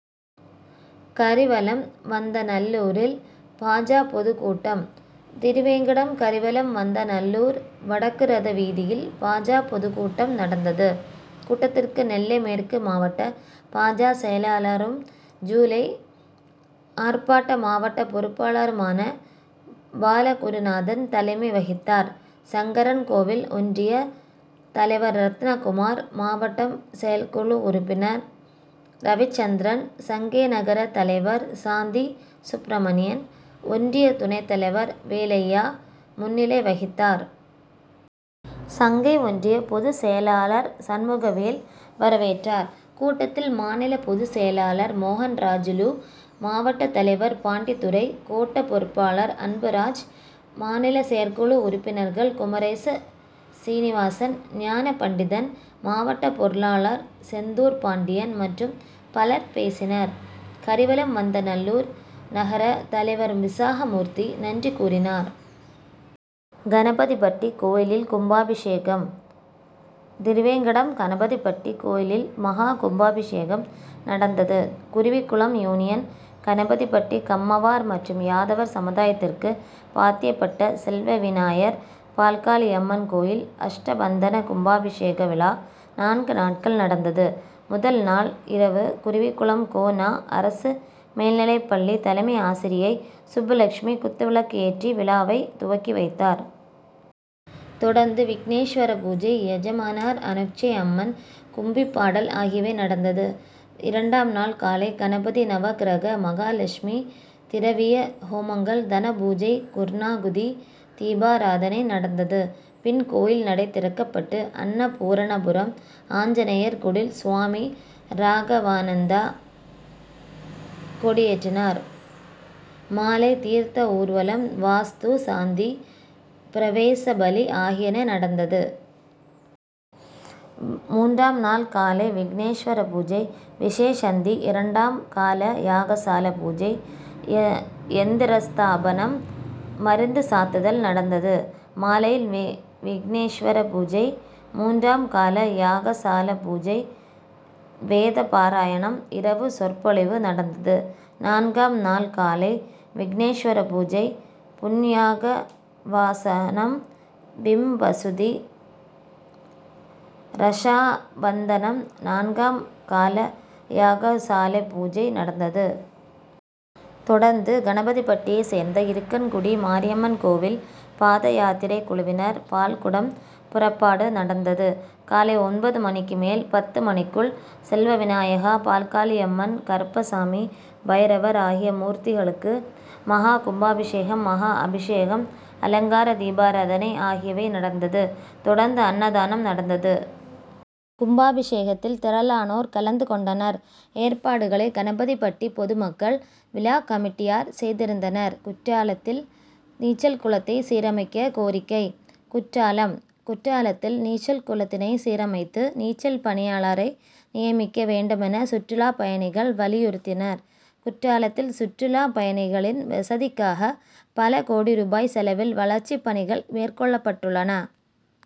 கரிவலம்வந்தநல்லூரில்பா. ஜ.,பொதுக்கூட்டம் திருவேங்கடம் கரிவலம்வந்தநல்லூர் வடக்குரத வீதியில் பா. ஜ.,பொதுக்கூட்டம் நடந்தது. கூட்டத்திற்கு நெல்லை மேற்கு மாவட்ட பா. ஜ.,செயலாளரும் ஜூலை ஆர்ப்பாட்ட மாவட்ட பொறுப்பாளருமான பாலகுருநாதன் தலைமை வகித்தார். சங்கரன்கோவில் ஒன்றிய தலைவர் ரத்னகுமார், மாவட்ட செயற்குழு உறுப்பினர் ரவிச்சந்திரன், சங்கை நகர தலைவர் சாந்தி சுப்பிரமணியன், ஒன்றிய துணைத் தலைவர் வேலையா முன்னிலை வகித்தனர். சங்கை ஒன்றிய பொது செயலாளர் சண்முகவேலு வரவேற்றார். கூட்டத்தில் மாநில பொது செயலாளர் மோகன்ராஜூலு, மாவட்ட தலைவர் பாண்டித்துரை, கோட்ட பொறுப்பாளர் அன்புராஜ், மாநில செயற்குழு உறுப்பினர்கள் குமரேச சீனிவாசன், ஞானபண்டிதன், மாவட்ட பொருளாளர் செந்தூர்பாண்டியன் மற்றும் பலர் பேசினர். கரிவலம்வந்தநல்லூர் நகர தலைவர் விசாகமூர்த்தி நன்றி கூறினார். கணபதிபட்டி கோயிலில்கும்பாபிஷேகம் திருவேங்கடம் கணபதிபட்டி கோயிலில் மகா கும்பாபிஷேகம் நடந்தது. குருவிகுளம் யூனியன் கணபதிபட்டி கம்மவார் மற்றும் யாதவர் சமுதாயத்திற்கு பாத்தியப்பட்ட செல்வவிநாயர், பால்காளியம்மன் கோயில் அஷ்டபந்தன கும்பாபிஷேக விலா நான்கு நாட்கள் நடந்தது. முதல்நாள் இரவு குருவிகுளம் கோ. நா. அரசுமேல்நிலைப்பள்ளி தலைமை ஆசிரியை சுப்புலட்சுமி குத்துவிளக்கு ஏற்றி விலாவை துவக்கி வைத்தார். தொடர்ந்து விக்னேஸ்வர பூஜை, யஜமானர் அனுக்ஞை, அம்மன் கும்பிபாடல் ஆகியவை நடந்தது. இரண்டாம் நாள் காலை கணபதி, நவக்கிரக, மகாலெட்சுமி, திரவிய ஹோமங்கள், தனபூஜை, பூர்ணாகுதி, தீபாராதனை நடந்தது. பின் கோயில் நடை திறக்கப்பட்டு அன்னபூரணபுரம் ஆஞ்சநேயர் குடில் சுவாமி ராகவானந்தா கொடியேற்றினார். மாலை தீர்த்த ஊர்வலம், வாஸ்து சாந்தி, பிரவேசபலி ஆகியன நடந்தது. மூன்றாம் நாள் காலை விக்னேஸ்வர பூஜை, விசேஷசந்தி, இரண்டாம் கால யாகசாலை பூஜை, யந்திரஸ்தாபனம், மருந்து சாத்துதல் நடந்தது. மாலையில் விக்னேஸ்வர பூஜை, மூன்றாம் கால யாகசாலை பூஜை, வேதபாராயணம், இரவு சொற்பொழிவு நடந்தது. நான்காம் நாள் காலை விக்னேஸ்வர பூஜை, புண்யாகவாசனம், பிம்பசுத்தி, ரக்ஷாபந்தனம், நான்காம் கால யாகசாலை பூஜை நடந்தது. தொடர்ந்து கணபதிபட்டியை சேர்ந்த இருக்கன்குடி மாரியம்மன் கோயில் பாதயாத்திரை குழுவினர் பால்குடம் புறப்பாடு நடந்தது. காலை ஒன்பது மணிக்கு மேல் பத்து மணிக்குள் செல்வவிநாயகா, பால்காளியம்மன், கருப்பசாமி, பைரவர் ஆகிய மூர்த்திகளுக்கு மகா கும்பாபிஷேகம், மகா அபிஷேகம், அலங்கார தீபாராதனை ஆகியவை நடந்தது. தொடர்ந்து அன்னதானம் நடந்தது. கும்பாபிஷேகத்தில் திரளானோர் கலந்து கொண்டனர். ஏற்பாடுகளை கணபதிபட்டி பொதுமக்கள், விலா கமிட்டியார் செய்திருந்தனர். குற்றாலத்தில் நீச்சல் குளத்தைசீரமைக்க கோரிக்கை குற்றாலம் குற்றாலத்தில் நீச்சல் குளத்தினை சீரமைத்து, நீச்சல் பயிற்சியாளரை நியமிக்க வேண்டுமென சுற்றுலா பயணிகள் வலியுறுத்தினர். குற்றாலத்தில் சுற்றுலா பயணிகளின் வசதிக்காக பல கோடி ரூபாய் செலவில் வளர்ச்சிப் பணிகள் மேற்கொள்ளப்பட்டுள்ளன.